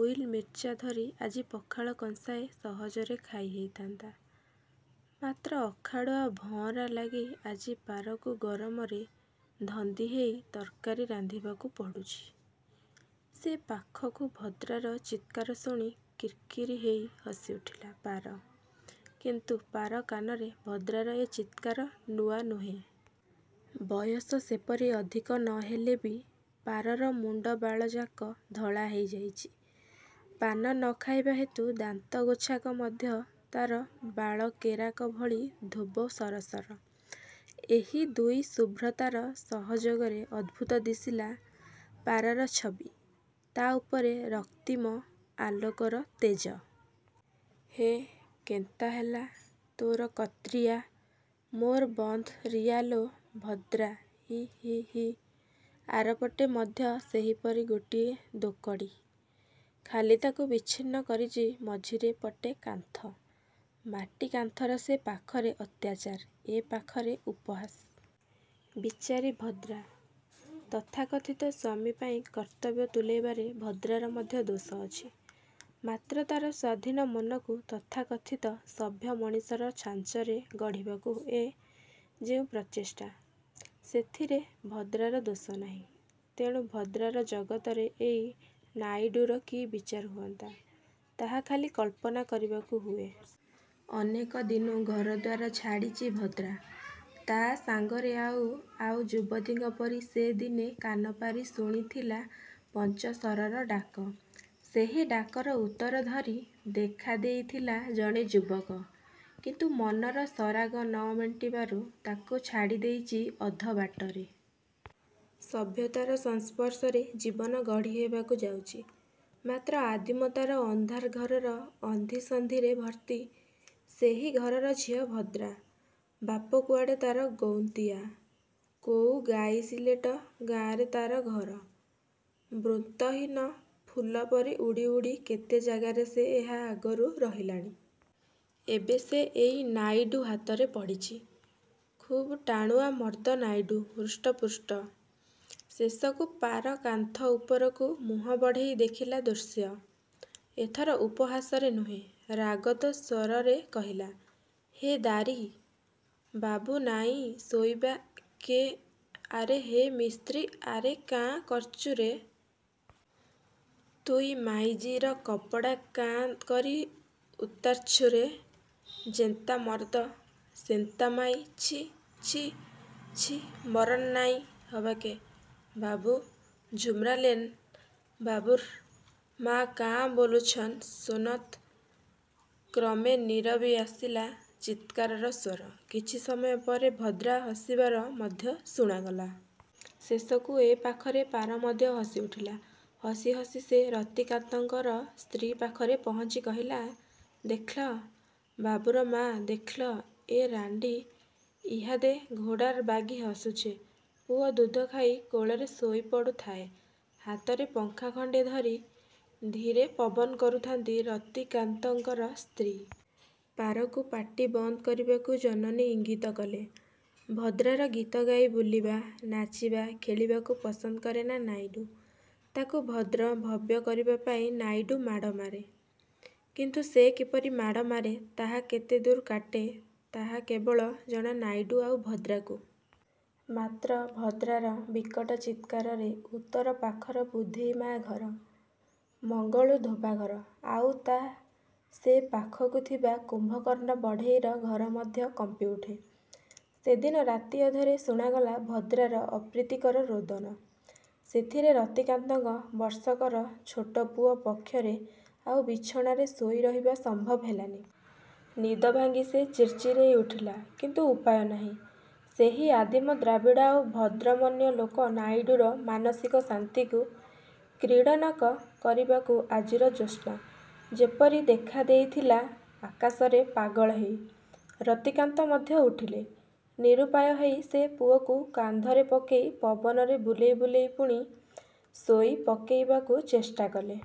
ଉଇଲ୍ ମିର୍ଚା ଧରି ଆଜି ପଖାଳ କଂସାଏ ସହଜରେ ଖାଇ ହେଇଥାନ୍ତା, ମାତ୍ର ଅଖାଡ଼ୁଆ ଭଁଅରା ଲାଗି ଆଜି ପାରକୁ ଗରମରେ ଧନ୍ଦି ହେଇ ତର୍କାରି ରାନ୍ଧିବାକୁ ପଡ଼ୁଚି। ସେ ପାଖରୁ ଭଦ୍ରାର ଚିତ୍କାର ଶୁଣି କିର୍କିର୍ ହେଇ ହସିଉଠିଲା ପାର। କିନ୍ତୁ ପାର କାନରେ ଭଦ୍ରାର ଏ ଚିତ୍କାର ନୂଆ ନୁହେଁ। ବୟସ ସେପରି ଅଧିକ ନ ହେଲେ ବି ପାରର ମୁଣ୍ଡ ବାଳଯାକ ଧଳା ହେଇଯାଇଚି। ପାନ ନ ଖାଇବାହେତୁ ଦାନ୍ତଗୋଛାକ ମଧ୍ୟ ତାର ବାଳ କେରାକ ଭଳି ଧୋବ ସରସର। ଏହି ଦୁଇ ଶୁଭ୍ରତାର ସହଯୋଗରେ ଅଦ୍ଭୁତ ଦିଶିଲା ପାରର ଛବି–ତା ଉପରେ ରକ୍ତିମ ଆଲୋକର ତେଜ। ହେଁ କେନ୍ତା ହେଲା... ତୋର କତ୍ରିଆ, ମୋର ବନ୍ଧ୍ ରିଆ ଲୋ ଭଦ୍ରା... ହି ହି ହି... ଆରପଟେ ମଧ୍ୟ ସେହିପରି ଗୋଟିଏ ଦୋକଡ଼ି, ଖାଲି ତାକୁ ବିଚ୍ଛିନ୍ନ କରିଚି ମଝିରେ ପଟେ କାନ୍ଥ। ମାଟି କାନ୍ଥର ସେ ପାଖରେ ଅତ୍ୟାଚାର, ଏ ପାଖରେ ଉପହାସ। ବିଚାରୀ ଭଦ୍ରା! ତଥାକଥିତ ସ୍ଵାମୀ ପାଇଁ କର୍ତ୍ତବ୍ୟ ତୁଲେଇବାରେ ଭଦ୍ରାର ମଧ୍ୟ ଦୋଷ ଅଛି। ମାତ୍ର ତାର ସ୍ଵାଧୀନ ମନକୁ ତଥାକଥିତ ସଭ୍ୟମଣିଷର ଛାଞ୍ଚରେ ଗଢ଼ିବାକୁ ଏ ଯେଉଁ ପ୍ରଚେଷ୍ଟା, ସେଥିରେ ଭଦ୍ରାର ଦୋଷ ନାହିଁ। ତେଣୁ ଭଦ୍ରାର ଜଗତରେ ଏହି ନାଇଡ଼ୁର କି ବିଚାର ହୁଅନ୍ତା, ତାହା ଖାଲି କଳ୍ପନା କରିବାକୁ ହୁଏ। ଅନେକ ଦିନୁ ଘରଦ୍ଵାର ଛାଡ଼ିଚି ଭଦ୍ରା। ତା ସାଙ୍ଗରେ ଆଉ ଆଉ ଯୁବତୀଙ୍କ ପରି ସେ ଦିନେ କାନପାରି ଶୁଣିଥିଲା ପଞ୍ଚଶରର ଡାକ। ସେହି ଡାକର ଉତ୍ତର ଧରି ଦେଖାଦେଇଥିଲା ଜଣେ ଯୁବକ। କିନ୍ତୁ ମନର ସରାଗ ନ ମେଣ୍ଟିବାରୁ ତାକୁ ଛାଡ଼ି ଦେଇଚି ଅଧବାଟରେ। ସଭ୍ୟତାର ସଂସ୍ପର୍ଶରେ ଜୀବନ ଗଢ଼ି ହେବାକୁ ଯାଉଚି, ମାତ୍ର ଆଦିମତାର ଅନ୍ଧାର ଘରର ଅନ୍ଧିସନ୍ଧିରେ ଭର୍ତ୍ତି–ସେହି ଘରର ଝିଅ ଭଦ୍ରା। ବାପ କୁଆଡ଼େ ତାର ଗୌନ୍ତିଆ, କୋଉ ଗାଇସିଲେଟ ଗାଁରେ ତାର ଘର-। ବୃନ୍ତହୀନ ଫୁଲ ପରି ଉଡ଼ି ଉଡ଼ି କେତେ ଜାଗାରେ ସେ ଏହା ଆଗରୁ ରହିଲାଣି। ଏବେ ସେ ଏଇ ନାଇଡ଼ୁ ହାତରେ ପଡ଼ିଚି। ଖୁବ ଟାଣୁଆ ମର୍ଦ୍ଦ ନାଇଡ଼ୁ। ହୃଷ୍ଟପୁଷ୍ଟ। ଶେଷକୁ ପାର କାନ୍ଥ ଉପରକୁ ମୁଁହ ବଢ଼େଇ ଦେଖିଲା ଦୃଶ୍ୟ। ଏଥର ଉପହାସରେ ନୁହେଁ, ରାଗତ ସ୍ଵରରେ କହିଲା... "ହେ ଦାରୀ' ବାବୁ ନାଇଁ ଶୋଇବା କେ... ଆରେ ହେ ମିସ୍ତ୍ରୀ, ଆରେ କାଁ କର୍ଚୁରେ... ତୁଇ ମାଇଜିର କପଡ଼ା କାଁ କରି ଉତାର୍ଛୁରେ। ଯେନ୍ତା ମରଦ, ସେନ୍ତା ମାଇ। ଛି... ଛି... ଛି ମରନ୍ ନାଇଁ ହବାକେ। ବାବୁ ଝୁମରାଲେନ... ବାବୁର ମା କାଁ ବୋଲୁଛନ୍ ଶୁନତ... " କ୍ରମେ ନୀରବି ଆସିଲା ଚିତ୍କାରର ସ୍ୱର। କିଛି ସମୟ ପରେ ଭଦ୍ରା ହସିବାର ମଧ୍ୟ ଶୁଣାଗଲା। ଶେଷକୁ ଏ ପାଖରେ ପାର ମଧ୍ୟ ହସିଉଠିଲା। ହସି ହସି ସେ ରତିକାନ୍ତଙ୍କର ସ୍ତ୍ରୀ ପାଖରେ ପହଞ୍ଚି କହିଲା, "ଦେଖ୍ଲ, ବାବୁର ମା, ଦେଖ୍ଲ, ଏ ରାଁଡ଼ି ଇହାଦେ ଘୋଡ଼ାର ବାଗି ହସୁଚେ। " ପୁଅ ଦୁଧଖାଇ କୋଳରେ ଶୋଇପଡ଼ୁ ଥାଏ–ହାତରେ ପଙ୍ଖା ଖଣ୍ଡେ ଧରି ଧୀରେ ପବନ କରୁଥାନ୍ତି ରତିକାନ୍ତଙ୍କର ସ୍ତ୍ରୀ। ପାରକୁ ପାଟି ବନ୍ଦ କରିବାକୁ ଜନନୀ ଇଙ୍ଗିତ କଲେ। ଭଦ୍ରାର ଗୀତଗାଇ ବୁଲିବା, ନାଚିବା, ଖେଳିବାକୁ ପସନ୍ଦ କରେନା ନାଇଡ଼ୁ। ତାକୁ ଭଦ୍ର, ଭବ୍ୟ କରିବା ପାଇଁ ନାଇଡ଼ୁ ମାଡ଼ ମାରେ। କିନ୍ତୁ ସେ କିପରି ମାଡ଼ ମାରେ, ତାହା କେତେ ଦୂର କାଟେ, ତାହା କେବଳ ଜଣା ନାଇଡ଼ୁ, ଆଉ ଭଦ୍ରାକୁ। ମାତ୍ର ଭଦ୍ରାର ବିକଟ ଚିତ୍କାରରେ ଉତ୍ତର ପାଖର ବୁଧେଇ ମା ଘର, ମଙ୍ଗଳୁ ଧୋବା ଘର, ଆଉ ତା' ସେ ପାଖକୁ ଥିବା କୁମ୍ଭକର୍ଣ୍ଣ ବଢ଼େଇର ଘର ମଧ୍ୟ କମ୍ପିଉଠେ। ସେଦିନ ରାତି ଅଧରେ ଶୁଣାଗଲା ଭଦ୍ରାର ଅପ୍ରୀତିକର ରୋଦନ। ସେଥିରେ ରତିକାନ୍ତଙ୍କ ବର୍ଷକର ଛୋଟ ପୁଅ ପକ୍ଷରେ ଆଉ ବିଛଣାରେ ଶୋଇରହିବା ସମ୍ଭବ ହେଲାନି। ନିଦଭାଙ୍ଗି ସେ ଚିର୍ଚିରେଇ ଉଠିଲା। କିନ୍ତୁ ଉପାୟ ନାହିଁ। ସେହି ଆଦିମ ଦ୍ରାବିଡ଼ ଆଉ ଭଦ୍ରମନ୍ୟ ଲୋକ ନାଇଡ଼ୁର ମାନସିକ ଶାନ୍ତିକୁ କ୍ରୀଡ଼ନକ କରିବାକୁ ଆଜିର ଜ୍ୟୋତ୍ସ୍ନା ଯେପରି ଦେଖାଦେଇଥିଲା ଆକାଶରେ ପାଗଳ ହେଇ। ରତିକାନ୍ତ ମଧ୍ୟ ଉଠିଲେ। ନିରୁପାୟ ହେଇ ସେ ପୁଅକୁ କାନ୍ଧରେ ପକେଇ ପବନରେ ବୁଲେଇ ବୁଲେଇ ପୁଣି ଶୋଇପକେଇବାକୁ ଚେଷ୍ଟାକଲେ।